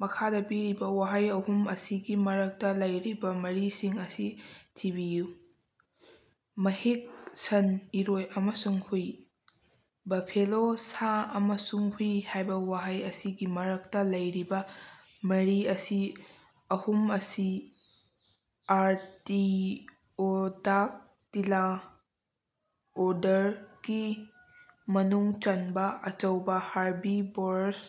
ꯃꯈꯥꯗ ꯄꯤꯔꯤꯕ ꯋꯥꯍꯩ ꯑꯍꯨꯝ ꯑꯁꯤꯒꯤ ꯃꯔꯛꯇ ꯂꯩꯔꯤꯕ ꯃꯔꯤꯁꯤꯡ ꯑꯁꯤ ꯊꯤꯕꯤꯌꯨ: ꯃꯍꯤꯛ, ꯁꯟ-ꯏꯔꯣꯏ ꯑꯃꯁꯨꯡ ꯍꯨꯏ꯫ ꯕꯐꯦꯂꯣ, ꯁꯥ ꯑꯃꯁꯨꯡ ꯍꯨꯏ ꯍꯥꯏꯕ ꯋꯥꯍꯩ ꯑꯁꯤꯒꯤ ꯃꯔꯛꯇ ꯂꯩꯔꯤꯕ ꯃꯔꯤ ꯑꯁꯤ ꯑꯍꯨꯝ ꯑꯁꯤ ꯑꯥꯔꯇꯤꯑꯣꯗꯥꯛꯇꯤꯂꯥ ꯑꯣꯔꯗꯔꯒꯤ ꯃꯅꯨꯡ ꯆꯟꯕ ꯑꯆꯧꯕ ꯍꯥꯔꯕꯤꯕꯣꯔꯁ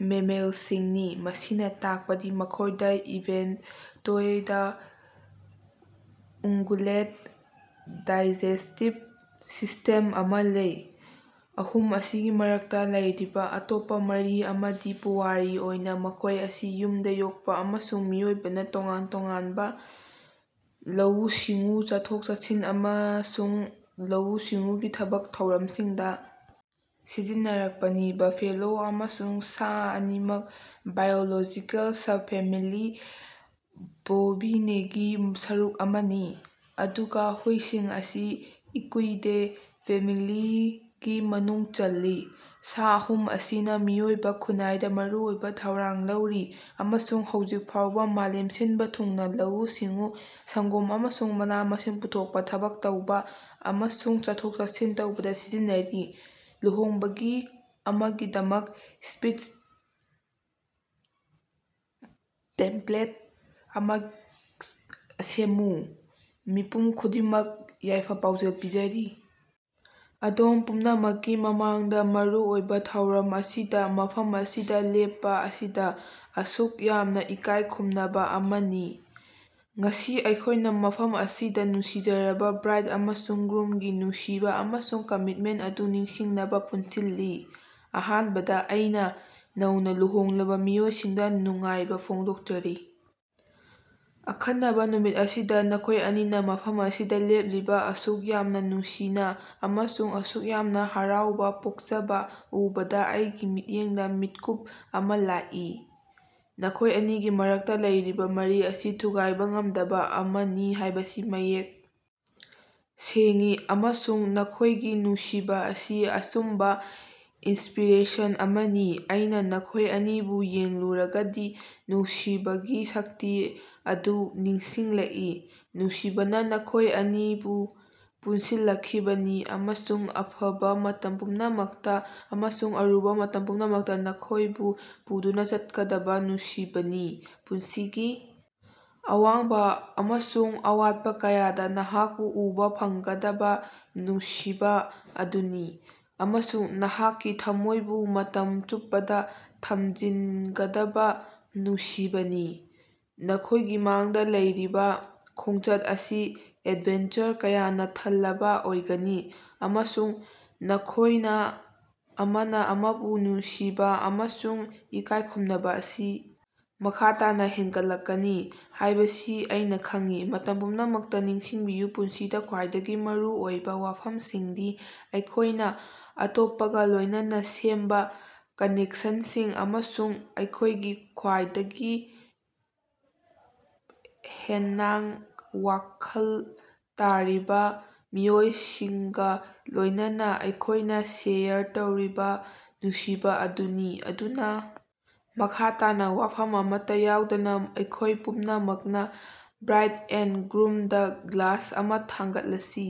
ꯃꯦꯃꯦꯜꯁꯤꯡꯅꯤ, ꯃꯁꯤꯅ ꯇꯥꯛꯄꯗꯤ ꯃꯈꯣꯏꯗ ꯏꯚꯦꯟꯇ-ꯇꯣꯏꯗ ꯎꯡꯒꯨꯂꯦꯠ ꯗꯥꯏꯖꯦꯁ꯭ꯇꯤꯕ ꯁꯤꯁ꯭ꯇꯦꯝ ꯑꯃꯥ ꯂꯩ꯫ ꯑꯍꯨꯝ ꯑꯁꯤꯒꯤ ꯃꯔꯛꯇ ꯂꯩꯔꯤꯕ ꯑꯇꯣꯞꯄ ꯃꯔꯤ ꯑꯃꯗꯤ ꯄꯨꯋꯥꯔꯤ ꯑꯣꯏꯅ ꯃꯈꯣꯏ ꯑꯁꯤ ꯌꯨꯝꯗ ꯌꯣꯛꯄ ꯑꯃꯁꯨꯡ ꯃꯤꯑꯣꯏꯕꯅ ꯇꯣꯉꯥꯟ ꯇꯣꯉꯥꯟꯕ ꯂꯧꯎ-ꯁꯤꯡꯎ, ꯆꯠꯊꯣꯛ-ꯆꯠꯁꯤꯟ ꯑꯃꯁꯨꯡ ꯂꯧꯎ-ꯁꯤꯡꯎꯒꯤ ꯊꯕꯛ ꯊꯧꯔꯝꯁꯤꯡꯗ ꯁꯤꯖꯤꯟꯅꯔꯛꯄꯅꯤ꯫ ꯕꯐꯦꯂꯣ ꯑꯃꯁꯨꯡ ꯁꯥ ꯑꯅꯤꯃꯛ ꯕꯥꯏꯑꯣꯂꯣꯖꯤꯀꯦꯜ ꯁꯕꯐꯦꯃꯤꯂꯤ ꯕꯣꯚꯤꯅꯦꯒꯤ ꯁꯔꯨꯛ ꯑꯃꯅꯤ, ꯑꯗꯨꯒ ꯍꯨꯏꯁꯤꯡ ꯑꯁꯤ ꯏꯀꯨꯏꯗꯦ ꯐꯦꯃꯤꯂꯤꯒꯤ ꯃꯅꯨꯡ ꯆꯜꯂꯤ꯫ ꯁꯥ ꯑꯍꯨꯝ ꯑꯁꯤꯅ ꯃꯤꯑꯣꯏꯕ ꯈꯨꯟꯅꯥꯏꯗ ꯃꯔꯨꯑꯣꯏꯕ ꯊꯧꯗꯥꯡ ꯂꯧꯔꯤ ꯑꯃꯁꯨꯡ ꯍꯧꯖꯤꯛ ꯐꯥꯎꯕ ꯃꯥꯂꯦꯝ ꯁꯤꯟꯕ ꯊꯨꯡꯅ ꯂꯧꯎ-ꯁꯤꯡꯎ, ꯁꯪꯒꯣꯝ ꯑꯃꯁꯨꯡ ꯃꯅꯥ-ꯃꯁꯤꯡ ꯄꯨꯊꯣꯛꯄ, ꯊꯕꯛ ꯇꯧꯕ, ꯑꯃꯁꯨꯡ ꯆꯠꯊꯣꯛ-ꯆꯠꯁꯤꯟ ꯇꯧꯕꯗ ꯁꯤꯖꯤꯟꯅꯔꯤ꯫ ꯂꯨꯍꯣꯡꯕꯒꯤ ꯑꯃꯒꯤꯗꯃꯛ ꯁ꯭ꯄꯤꯆ ꯇꯦꯃꯄ꯭ꯂꯦꯠ ꯑꯃ ꯁꯦꯝꯃꯨ꯫ ꯃꯤꯄꯨꯝ ꯈꯨꯗꯤꯡꯃꯛ ꯌꯥꯏꯐ-ꯄꯥꯎꯖꯦꯜ ꯄꯤꯖꯔꯤ! ꯑꯗꯣꯝ ꯄꯨꯝꯅꯃꯛꯀꯤ ꯃꯃꯥꯡꯗ, ꯃꯔꯨꯑꯣꯏꯕ ꯊꯧꯔꯝ ꯑꯁꯤꯗ ꯃꯐꯝ ꯑꯁꯤꯗ ꯂꯦꯞꯄ ꯑꯁꯤ ꯑꯁꯨꯛ ꯌꯥꯝꯅ ꯏꯀꯥꯏ ꯈꯨꯝꯅꯕ ꯑꯃꯅꯤ꯫ ꯉꯁꯤ ꯑꯩꯈꯣꯏꯅ ꯃꯐꯝ ꯑꯁꯤꯗ ꯅꯨꯡꯁꯤꯖꯔꯕ ꯕ꯭ꯔꯥꯏꯗ ꯑꯃꯁꯨꯡ ꯒ꯭ꯔꯨꯝ ꯒꯤ ꯅꯨꯡꯁꯤꯕ ꯑꯃꯁꯨꯡ ꯀꯃꯤꯠꯃꯦꯟꯇ ꯑꯗꯨ ꯅꯤꯡꯁꯤꯡꯅꯕ ꯄꯨꯟꯁꯤꯜꯂꯤ꯫ ꯑꯍꯥꯟꯕꯗ, ꯑꯩꯅ ꯅꯧꯅ ꯂꯨꯍꯣꯡꯂꯕ ꯃꯤꯑꯣꯏꯁꯤꯡꯗ ꯅꯨꯡꯉꯥꯏꯕ ꯐꯣꯡꯗꯣꯛꯆꯔꯤ! ꯑꯈꯟꯅꯕ ꯅꯨꯃꯤꯠ ꯑꯁꯤꯗ ꯅꯈꯣꯏ ꯑꯅꯤꯅ ꯃꯐꯝ ꯑꯁꯤꯗ ꯂꯦꯞꯂꯤꯕ, ꯑꯁꯨꯛ ꯌꯥꯝꯅ ꯅꯨꯡꯁꯤꯅ ꯑꯃꯁꯨꯡ ꯑꯁꯨꯛ ꯌꯥꯝꯅ ꯍꯔꯥꯎꯕ ꯄꯣꯛꯆꯕ ꯎꯕꯗ ꯑꯩꯒꯤ ꯃꯤꯠꯌꯦꯡꯗ ꯃꯤꯠꯀꯨꯞ ꯑꯃ ꯂꯥꯛꯏ꯫ ꯅꯈꯣꯏ ꯑꯅꯤꯒꯤ ꯃꯔꯛꯇ ꯂꯩꯔꯤꯕ ꯃꯔꯤ ꯑꯁꯤ ꯊꯨꯒꯥꯏꯕ ꯉꯝꯗꯕ ꯑꯃꯅꯤ ꯍꯥꯏꯕꯁꯤ ꯃꯌꯦꯛ ꯁꯦꯡꯏ, ꯑꯃꯁꯨꯡ ꯅꯈꯣꯏꯒꯤ ꯅꯨꯡꯁꯤꯕ ꯑꯁꯤ ꯑꯆꯨꯝꯕ ꯏꯟꯁꯄꯤꯔꯦꯁꯟ ꯑꯃꯅꯤ꯫ ꯑꯩꯅ ꯅꯈꯣꯏ ꯑꯅꯤꯕꯨ ꯌꯦꯡꯂꯨꯔꯒꯗꯤ ꯅꯨꯡꯁꯤꯕꯒꯤ ꯁꯛꯇꯤ ꯑꯗꯨ ꯅꯤꯡꯁꯤꯡꯂꯛꯏ꯫ ꯅꯨꯡꯁꯤꯕꯅ ꯅꯈꯣꯏ ꯑꯅꯤꯕꯨ ꯄꯨꯟꯁꯤꯜꯂꯛꯈꯤꯕꯅꯤ, ꯑꯃꯁꯨꯡ ꯑꯐꯕ ꯃꯇꯝ ꯄꯨꯝꯅꯃꯛꯇ, ꯑꯃꯁꯨꯡ ꯑꯔꯨꯕ ꯃꯇꯝ ꯄꯨꯝꯅꯃꯛꯇ ꯅꯈꯣꯏꯕꯨ ꯄꯨꯗꯨꯅ ꯆꯠꯀꯗꯕ ꯅꯨꯡꯁꯤꯕꯅꯤ꯫ ꯄꯨꯟꯁꯤꯒꯤ ꯑꯋꯥꯡꯕ ꯑꯃꯁꯨꯡ ꯑꯋꯥꯠꯄ ꯀꯌꯥꯗ ꯅꯍꯥꯛꯄꯨ ꯎꯕ ꯐꯪꯒꯗꯕ ꯅꯨꯡꯁꯤꯕ ꯑꯗꯨꯅꯤ, ꯑꯃꯁꯨꯡ ꯅꯍꯥꯛꯀꯤ ꯊꯝꯃꯣꯏꯕꯨ ꯃꯇꯝ ꯆꯨꯞꯄꯗ ꯊꯝꯖꯤꯟꯒꯗꯕ ꯅꯨꯡꯁꯤꯕꯅꯤ꯫ ꯅꯈꯣꯏꯒꯤ ꯃꯥꯡꯗ ꯂꯩꯔꯤꯕ ꯈꯣꯡꯆꯠ ꯑꯁꯤ ꯑꯦꯗꯚꯦꯟꯆꯔ ꯀꯌꯥꯅ ꯊꯜꯂꯕ ꯑꯣꯏꯒꯅꯤ, ꯑꯃꯁꯨꯡ ꯅꯈꯣꯏꯅ ꯑꯃꯅ ꯑꯃꯕꯨ ꯅꯨꯡꯁꯤꯕ ꯑꯃꯁꯨꯡ ꯏꯀꯥꯏꯈꯨꯝꯅꯕ ꯑꯁꯤ ꯃꯈꯥ ꯇꯥꯅ ꯍꯦꯟꯒꯠꯂꯛꯀꯅꯤ ꯍꯥꯏꯕꯁꯤ ꯑꯩꯅ ꯈꯪꯏ꯫ ꯃꯇꯝ ꯄꯨꯝꯅꯃꯛꯇ ꯅꯤꯡꯁꯤꯡꯕꯤꯌꯨ ꯄꯨꯟꯁꯤꯗ ꯈ꯭ꯋꯥꯏꯗꯒꯤ ꯃꯔꯨ ꯑꯣꯏꯕ ꯋꯥꯐꯝꯁꯤꯡꯗꯤ ꯑꯩꯈꯣꯏꯅ ꯑꯇꯣꯞꯄꯒ ꯂꯣꯏꯅꯅ ꯁꯦꯝꯕ ꯀꯅꯦꯛꯁꯟꯁꯤꯡ, ꯑꯃꯁꯨꯡ ꯑꯩꯈꯣꯏꯅ ꯈ꯭ꯕꯥꯏꯗꯒꯤ ꯍꯦꯟꯅꯥꯡ ꯋꯥꯈꯜ ꯇꯥꯔꯤꯕ ꯃꯤꯑꯣꯏꯁꯤꯡꯒ ꯂꯣꯏꯅꯅ ꯑꯩꯈꯣꯏꯅ ꯁꯦꯌꯔ ꯇꯧꯔꯤꯕ ꯅꯨꯡꯁꯤꯕ ꯑꯗꯨꯅꯤ꯫ ꯑꯗꯨꯅ, ꯃꯈꯥ ꯇꯥꯅ ꯋꯥꯐꯝ ꯑꯃꯠꯇ ꯌꯥꯎꯗꯅ ꯑꯩꯈꯣꯏ ꯄꯨꯝꯅꯃꯛꯅ ꯕ꯭ꯔꯥꯏꯗ ꯑꯦꯟꯗ ꯒ꯭ꯔꯨꯝ ꯗ ꯒ꯭ꯂꯥꯁ ꯑꯃ ꯊꯥꯡꯒꯠꯂꯁꯤ꯫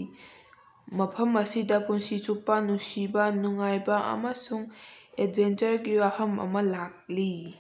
ꯃꯐꯝ ꯑꯁꯤꯗ ꯄꯨꯟꯁꯤ ꯆꯨꯞꯄ ꯅꯨꯡꯁꯤꯕ, ꯅꯨꯡꯉꯥꯏꯕ ꯑꯃꯁꯨꯡ ꯑꯦꯗꯚꯦꯟꯆꯔꯒꯤ ꯋꯥꯐꯝ ꯑꯃ ꯂꯥꯛꯂꯤ꯫